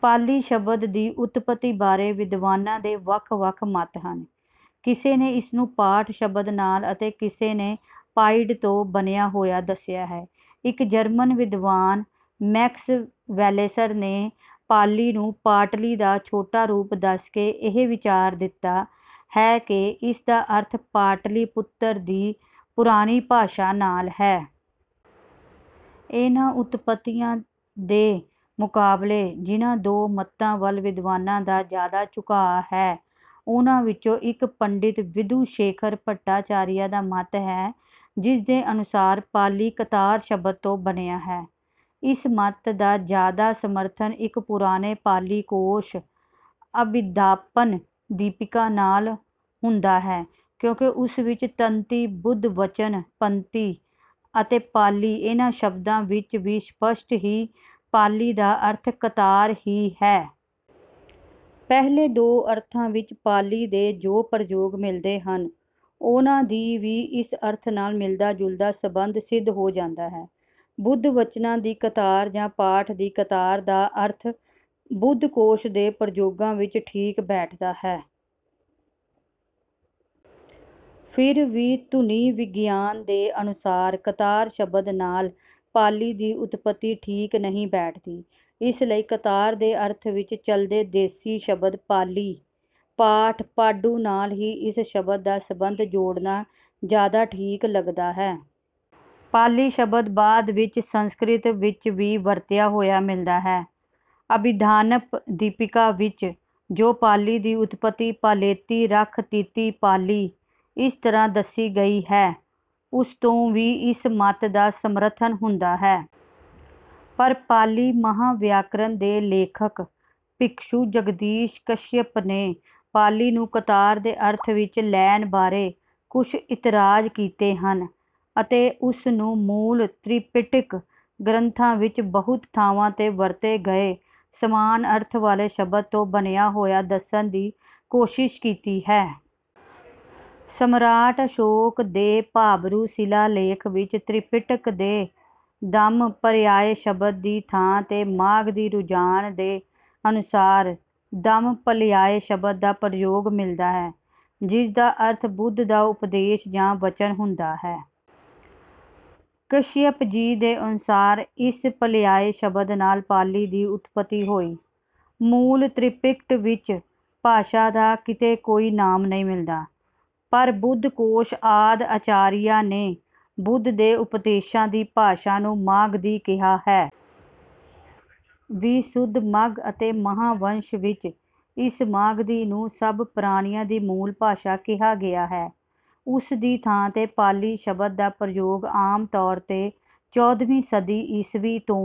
ਪਾਲੀ ਸ਼ਬਦ ਦੀ ਉਤਪੱਤੀ ਬਾਰੇ ਵਿਦਵਾਨਾਂ ਦੇ ਵੱਖ ਵੱਖ ਮਤ ਹਨ। ਕਿਸੇ ਨੇ ਇਸਨੂੰ ਪਾਠ ਸ਼ਬਦ ਨਾਲ ਅਤੇ ਕਿਸੇ ਨੇ ਪਾਇਡ ਤੋਂ ਬਣਿਆ ਹੋਇਆ ਦੱਸਿਆ ਹੈ। ਇੱਕ ਜਰਮਨ ਵਿਦਵਾਨ ਮੈਕਸ ਵੈਲੇਸਰ ਨੇ ਪਾਲੀ ਨੂੰ ਪਾਟਲੀ ਦਾ ਛੋਟਾ ਰੂਪ ਦੱਸਕੇ ਇਹ ਵਿਚਾਰ ਦਿੱਤਾ ਹੈ ਕਿ ਇਸਦਾ ਅਰਥ ਪਾਟਲੀਪੁਤਰ ਦੀ ਪੁਰਾਣੀ ਭਾਸ਼ਾ ਨਾਲ ਹੈ। ਇਨ੍ਹਾਂ ਉਤਪੱਤੀਆਂ ਦੇ ਮੁਕਾਬਲੇ ਜਿਨ੍ਹਾਂ ਦੋ ਮਤਾਂ ਵੱਲ ਵਿਦਵਾਨਾਂ ਦਾ ਜਿਆਦਾ ਝੁਕਾਅ ਹੈ ਉਨ੍ਹਾਂ ਵਿੱਚੋਂ ਇੱਕ ਪੰਡਿਤ ਵਿਧੁਸ਼ੇਖਰ ਭੱਟਾਚਾਰੀਆ ਦਾ ਮਤ ਹੈ ਜਿਸਦੇ ਅਨੁਸਾਰ ਪਾਲੀ ਕਤਾਰ ਸ਼ਬਦ ਤੋਂ ਬਣਿਆ ਹੈ। ਇਸ ਮਤ ਦਾ ਜਿਆਦਾ ਸਮਰਥਨ ਇੱਕ ਪੁਰਾਣੇ ਪਾਲੀ ਕੋਸ਼ ਅਭਿਧਾਨੱਪਦੀਪਿਕਾ ਨਾਲ ਹੁੰਦਾ ਹੈ ਕਿਉਂਕਿ ਉਸ ਵਿੱਚ ਤੰਤੀ ਬੁੱਧਵਚਨ ਪੰਤੀ ਅਤੇ ਪਾਲੀ ਇਨ੍ਹਾਂ ਸ਼ਬਦਾਂ ਵਿੱਚ ਵੀ ਸਪੱਸ਼ਟ ਹੀ ਪਾਲੀ ਦਾ ਅਰਥ ਕਤਾਰ ਹੀ ਹੈ। ਪਹਿਲੇ ਦੋ ਅਰਥਾਂ ਵਿੱਚ ਪਾਲੀ ਦੇ ਜੋ ਪ੍ਰਯੋਗ ਮਿਲਦੇ ਹਨ ਉਨ੍ਹਾਂ ਦੀ ਵੀ ਇਸ ਅਰਥ ਨਾਲ ਮਿਲਦਾ ਜੁਲਦਾ ਸਬੰਧ ਸਿੱਧ ਹੋ ਜਾਂਦਾ ਹੈ। ਬੁੱਧਵਚਨਾਂ ਦੀ ਕਤਾਰ ਜਾਂ ਪਾਠ ਦੀ ਕਤਾਰ ਦਾ ਅਰਥ ਬੁੱਧਘੋਸ਼ ਦੇ ਪ੍ਰਯੋਗਾਂ ਵਿੱਚ ਠੀਕ ਬੈਠਦਾ ਹੈ। ਫਿਰ ਵੀ ਧੁਨੀਵਿਗਿਆਨ ਦੇ ਅਨੁਸਾਰ ਕਤਾਰ ਸ਼ਬਦ ਨਾਲ ਪਾਲੀ ਦੀ ਉਤਪੱਤੀ ਠੀਕ ਨਹੀਂ ਬੈਠਦੀ। ਇਸ ਲਈ ਕਤਾਰ ਦੇ ਅਰਥ ਵਿੱਚ ਚਲਦੇ ਦੇਸ਼ੀ ਸ਼ਬਦ ਪਾਲੀ ਪਾਠ ਪਾਡੂ ਨਾਲ ਹੀ ਇਸ ਸ਼ਬਦ ਦਾ ਸਬੰਧ ਜੋੜਨਾ ਜਿਆਦਾ ਠੀਕ ਲੱਗਦਾ ਹੈ। ਪਾਲੀ ਸ਼ਬਦ ਬਾਅਦ ਵਿੱਚ ਸੰਸਕ੍ਰਿਤ ਵਿੱਚ ਵੀ ਵਰਤਿਆ ਹੋਇਆ ਮਿਲਦਾ ਹੈ। ਅਭਿਧਾਨੱਪਦੀਪਿਕਾ ਵਿੱਚ ਜੋ ਪਾਲੀ ਦੀ ਉਤਪੱਤੀ ਪਾਲੇਤੀ ਰੱਖਤੀਤੀ ਪਾਲੀ ਇਸ ਤਰ੍ਹਾਂ ਦੱਸੀ ਗਈ ਹੈ ਉਸਤੋਂ ਵੀ ਇਸ ਮਤ ਦਾ ਸਮਰਥਨ ਹੁੰਦਾ ਹੈ। ਪਰ ਪਾਲੀ ਮਹਾਵਿਆਕਰਨ ਦੇ ਲੇਖਕ ਭਿਕਸ਼ੂ ਜਗਦੀਸ਼ ਕਸ਼ਿਅਪ ਨੇ ਪਾਲੀ ਨੂੰ ਕਤਾਰ ਦੇ ਅਰਥ ਵਿੱਚ ਲੈਣ ਬਾਰੇ ਕੁੱਝ ਇਤਰਾਜ਼ ਕੀਤੇ ਹਨ ਅਤੇ ਉਸਨੂੰ ਮੂਲ ਤ੍ਰਿਪਿਟਕ ਗ੍ਰੰਥਾਂ ਵਿੱਚ ਬਹੁਤ ਥਾਵਾਂ ਤੇ ਵਰਤੇ ਗਏ ਸਮਾਨ ਅਰਥ ਵਾਲੇ ਸ਼ਬਦ ਤੋਂ ਬਣਿਆ ਹੋਇਆ ਦੱਸਣ ਦੀ ਕੋਸ਼ਿਸ਼ ਕੀਤੀ ਹੈ। ਸਮਰਾਟ ਅਸ਼ੋਕ ਦੇ ਭਾਬਰੂ ਸ਼ਿਲਾਲੇਖ ਵਿੱਚ ਤ੍ਰਿਪਿਟਕ ਦੇ ਧੰਮਪਰਿਆਏ ਸ਼ਬਦ ਦੀ ਥਾਂ ਤੇ ਮਾਗਧੀ ਰੁਝਾਨ ਦੇ ਅਨੁਸਾਰ ਧੰਮ ਪਲਿਆਏ ਸ਼ਬਦ ਦਾ ਪ੍ਰਯੋਗ ਮਿਲਦਾ ਹੈ ਜਿਸਦਾ ਅਰਥ ਬੁੱਧ ਦਾ ਉਪਦੇਸ਼ ਜਾਂ ਵਚਨ ਹੁੰਦਾ ਹੈ। ਕਸ਼ਿਅਪ ਜੀ ਦੇ ਅਨੁਸਾਰ ਇਸ ਪਲਿਆਏ ਸ਼ਬਦ ਨਾਲ ਪਾਲੀ ਦੀ ਉਤਪੱਤੀ ਹੋਈ। ਮੂਲ ਤ੍ਰਿਪਿਟਕ ਵਿੱਚ ਭਾਸ਼ਾ ਦਾ ਕਿਤੇ ਕੋਈ ਨਾਮ ਨਹੀਂ ਮਿਲਦਾ। ਪਰ ਬੁੱਧਘੋਸ਼ ਆਦਿ ਆਚਾਰੀਆਂ ਨੇ ਬੁੱਧ ਦੇ ਉਪਦੇਸ਼ਾਂ ਦੀ ਭਾਸ਼ਾ ਨੂੰ ਮਾਗਧੀ ਕਿਹਾ ਹੈ। ਵਿਸੁੱਧਿਮੱਗ ਅਤੇ ਮਹਾਵੰਸ ਵਿੱਚ ਇਸ ਮਾਗਧੀ ਨੂੰ ਸਭ ਪ੍ਰਾਣੀਆਂ ਦੀ ਮੂਲ ਭਾਸ਼ਾ ਕਿਹਾ ਗਿਆ ਹੈ। ਉਸ ਦੀ ਥਾਂ ਤੇ ਪਾਲੀ ਸ਼ਬਦ ਦਾ ਪ੍ਰਯੋਗ ਆਮ ਤੌਰ ਤੇ ਚੌਦਵੀਂ ਸਦੀ ਈਸਵੀ ਤੋਂ